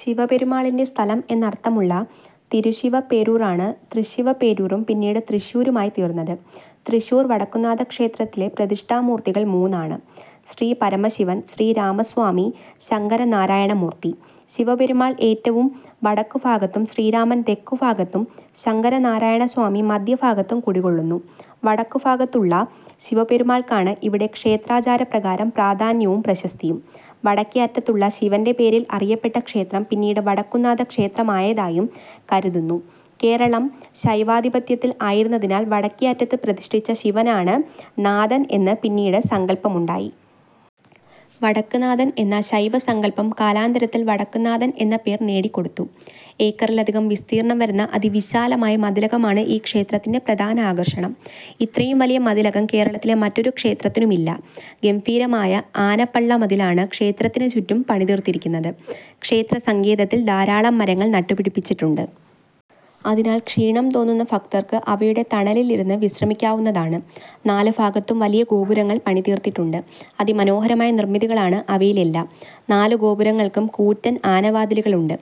ശിവപെരുമാളിന്റെ സ്ഥലം എന്നർത്ഥമുള്ള തിരു-ശിവ-പേരൂർ ആണ് തൃശ്ശിവപേരൂരും പിന്നീട് തൃശ്ശൂരും ആയിതീർന്നത്. തൃശ്ശൂർ വടക്കുംനാഥക്ഷേത്രത്തിലെ പ്രതിഷ്ഠാമൂർത്തികൾ മൂന്നാണ്; ശ്രീപരമശിവൻ, ശ്രീരാമസ്വാമി ശങ്കരനാരായണമൂർത്തി. ശിവപെരുമാൾ ഏറ്റവും വടക്കുഭാഗത്തും ശ്രീരാമൻ തെക്കുഭാഗത്തും ശങ്കരനാരായണസ്വാമി മദ്ധ്യഭാഗത്തും കുടികൊള്ളുന്നു. വടക്കുഭാഗത്തുള്ള ശിവപ്പെരുമാൾക്കാണ് ഇവിടെ ക്ഷേത്രാചാരപ്രകാരം പ്രാധാന്യവും, പ്രശസ്തിയും. വടക്കേ അറ്റത്തുള്ള ശിവന്റെ പേരിൽ അറിയപ്പെട്ട ക്ഷേത്രം പിന്നീട് വടക്കുംനാഥക്ഷേത്രമായതായും കരുതുന്നു കേരളം ശൈവാധിപത്യത്തിൽ ആയിരുന്നതിനാൽ വടക്കെ അറ്റത്ത് പ്രതിഷ്ഠിച്ച ശിവനാണ് നാഥൻ എന്നു പിന്നീട് സങ്കല്പമുണ്ടായി. "വടക്ക് നാഥൻ" എന്ന ശൈവ സങ്കല്പം കാലാന്തരത്തിൽ വടക്കുന്നാഥൻ എന്ന പേർ നേടിക്കൊടുത്തു.. ഏക്കറിലധികം വിസ്തീർണ്ണം വരുന്ന അതിവിശാലമായ മതിലകമാണ് ഈ ക്ഷേത്രത്തിന്റെ പ്രധാന ആകർഷണം. ഇത്രയും വലിയ മതിലകം കേരളത്തിലെ മറ്റൊരു ക്ഷേത്രത്തിനുമില്ല. ഗംഭീരമായ ആനപ്പള്ളമതിലാണ് ക്ഷേത്രത്തിനുചുറ്റും പണിതീർത്തിരിയ്ക്കുന്നത്. ക്ഷേത്രസങ്കേതത്തിൽ ധാരാളം മരങ്ങൾ നട്ടുപിടിപ്പിച്ചിട്ടുണ്ട്. അതിനാൽ ക്ഷീണം തോന്നുന്ന ഭക്തർക്ക് അവയുടെ തണലിലിരുന്ന് വിശ്രമിയ്ക്കാവുന്നതാണ്. നാലുഭാഗത്തും വലിയ ഗോപുരങ്ങൾ പണിതീർത്തിട്ടുണ്ട്. അതിമനോഹരമായ നിർമ്മിതികളാണ് അവയിലെല്ലാം. നാലുഗോപുരങ്ങൾക്കും കൂറ്റൻ ആനവാതിലുകളുണ്ട്.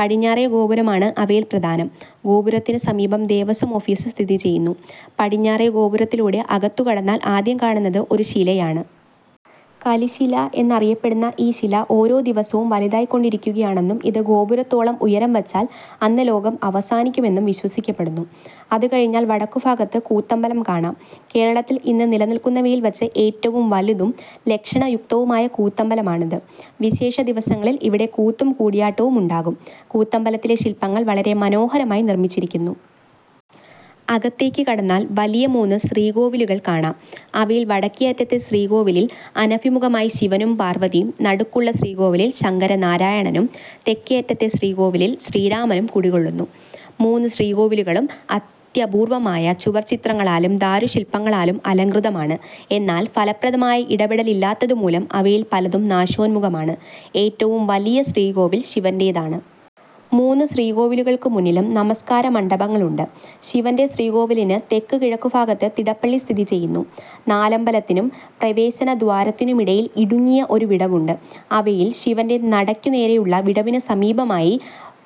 പടിഞ്ഞാറേ ഗോപുരമാണ് അവയിൽ പ്രധാനം. ഗോപുരത്തിന് സമീപം ദേവസ്വം ഓഫീസ് സ്ഥിതിചെയ്യുന്നു. പടിഞ്ഞാറേ ഗോപുരത്തിലൂടെ അകത്തുകടന്നാൽ ആദ്യം കാണുന്നത് ഒരു ശിലയാണ്. കലിശില എന്നറിയപ്പെടുന്ന ഈ ശില ഓരോ ദിവസവും വലുതായിക്കൊണ്ടിരിയ്ക്കുകയാണെന്നും ഇത് ഗോപുരത്തോളം ഉയരം വച്ചാൽ അന്ന് ലോകം അവസാനിയ്ക്കുമെന്നും വിശ്വസിയ്ക്കപ്പെടുന്നു. അതുകഴിഞ്ഞാൽ വടക്കുഭാഗത്ത് കൂത്തമ്പലം കാണാം. കേരളത്തിൽ ഇന്ന് നിലനിൽക്കുന്നവയിൽ വച്ച് ഏറ്റവും വലുതും ലക്ഷണയുക്തവുമായ കൂത്തമ്പലമാണിത്. വിശേഷദിവസങ്ങളിൽ ഇവിടെ കൂത്തും കൂടിയാട്ടവുമുണ്ടാകും. കൂത്തമ്പലത്തിലെ ശില്പങ്ങൾ വളരെ മനോഹരമായി നിർമ്മിച്ചിരിയ്ക്കുന്നു. അകത്തേയ്ക്ക് കടന്നാൽ വലിയ മൂന്ന് ശ്രീകോവിലുകൾ കാണാം. അവയിൽ വടക്കേയറ്റത്തെ ശ്രീകോവിലിൽ അനഭിമുഖമായി ശിവനും പാർവ്വതിയും, നടക്കുള്ള ശ്രീകോവിലിൽ ശങ്കരനാരായണനും, തെക്കേയറ്റത്തെ ശ്രീകോവിലിൽ ശ്രീരാമനും കുടികൊള്ളുന്നു. മൂന്ന് ശ്രീകോവിലുകളും അത്യപൂർവ്വമായ ചുവർച്ചിത്രങ്ങളാലും ദാരുശില്പങ്ങളാലും അലംകൃതമാണ്. എന്നാൽ ഫലപ്രദമായ ഇടപെടലില്ലാത്തതുമൂലം അവയിൽ പലതും നാശോന്മുഖമാണ്. ഏറ്റവും വലിയ ശ്രീകോവിൽ ശിവന്റേതാണ്. മൂന്ന് ശ്രീകോവിലുകൾക്കുമുന്നിലും നമസ്കാരമണ്ഡപങ്ങളുണ്ട്. ശിവന്റെ ശ്രീകോവിലിന് തെക്കുകിഴക്കുഭാഗത്ത് തിടപ്പള്ളി സ്ഥിതി ചെയ്യുന്നു. നാലമ്പലത്തിനും പ്രവേശനദ്വാരത്തിനുമിടയിൽ ഇടുങ്ങിയ ഒരു വിടവുണ്ട്. അവയിൽ ശിവന്റെ നടയ്ക്കുനേരെയുള്ള വിടവിനുസമീപമായി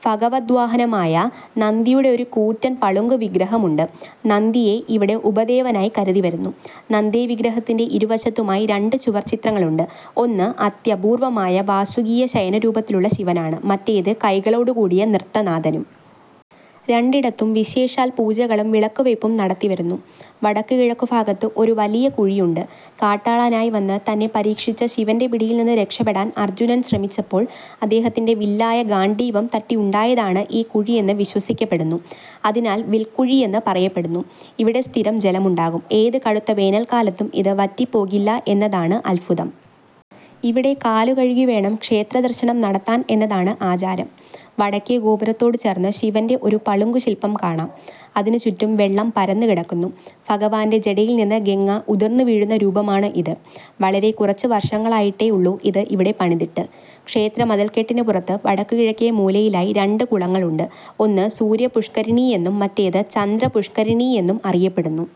ഭഗവദ്വാഹനമായ നന്തിയുടെ ഒരു കൂറ്റൻ പളുങ്കുവിഗ്രഹമുണ്ട്. നന്തിയെ ഇവിടെ ഉപദേവനായി കരുതിവരുന്നു. നന്തിവിഗ്രഹത്തിന്റെ ഇരുവശത്തുമായി രണ്ട് ചുവർച്ചിത്രങ്ങളുണ്ട്. ഒന്ന്, അത്യപൂർവ്വമായ വാസുകീശയനരൂപത്തിലുള്ള ശിവനാണ്; മറ്റേത്, കൈകളോടുകൂടിയ നൃത്തനാഥനും. രണ്ടിടത്തും വിശേഷാൽ പൂജകളും വിളക്കുവയ്പും നടത്തിവരുന്നു. വടക്കുകിഴക്കുഭാഗത്ത് ഒരു വലിയ കുഴിയുണ്ട്. കാട്ടാളനായി വന്ന് തന്നെ പരീക്ഷിച്ച ശിവന്റെ പിടിയിൽ നിന്ന് രക്ഷപ്പെടാൻ അർജുനൻ ശ്രമിച്ചപ്പോൾ അദ്ദേഹത്തിന്റെ വില്ലായ ഗാണ്ഡീവം തട്ടിയുണ്ടായതാണ് ഈ കുഴിയെന്ന് വിശ്വസിയ്ക്കപ്പെടുന്നു. അതിനാൽ വിൽക്കുഴിയെന്ന് പറയപ്പെടുന്നു. ഇവിടെ സ്ഥിരം ജലമുണ്ടാകും. ഏത് കടുത്ത വേനൽക്കാലത്തും ഇത് വറ്റിപ്പോകില്ല എന്നതാണ് അത്ഭുതം. ഇവിടെ കാലുകഴുകിവേണം ക്ഷേത്രദർശനം നടത്താൻ എന്നതാണ് ആചാരം. വടക്കേ ഗോപുരത്തോടുചേർന്ന് ശിവന്റെ ഒരു പളുങ്കുശില്പം കാണാം. അതിനുചുറ്റും വെള്ളം പരന്നുകിടക്കുന്നു. ഭഗവാന്റെ ജടയിൽ നിന്ന് ഗംഗ ഉതിർന്നുവീഴുന്ന രൂപമാണ് ഇത്. വളരെ കുറച്ച് വർഷങ്ങളായിട്ടേയുള്ളൂ ഇത് ഇവിടെ പണിതിട്ട്. ക്ഷേത്രമതിൽക്കെട്ടിനുപുറത്ത് വടക്കുകിഴക്കേമൂലയിലായി രണ്ട് കുളങ്ങളുണ്ട്. ഒന്ന് സൂര്യപുഷ്കരിണിയെന്നും മറ്റേത് ചന്ദ്രപുഷ്കരിണിയെന്നും അറിയപ്പെടുന്നു.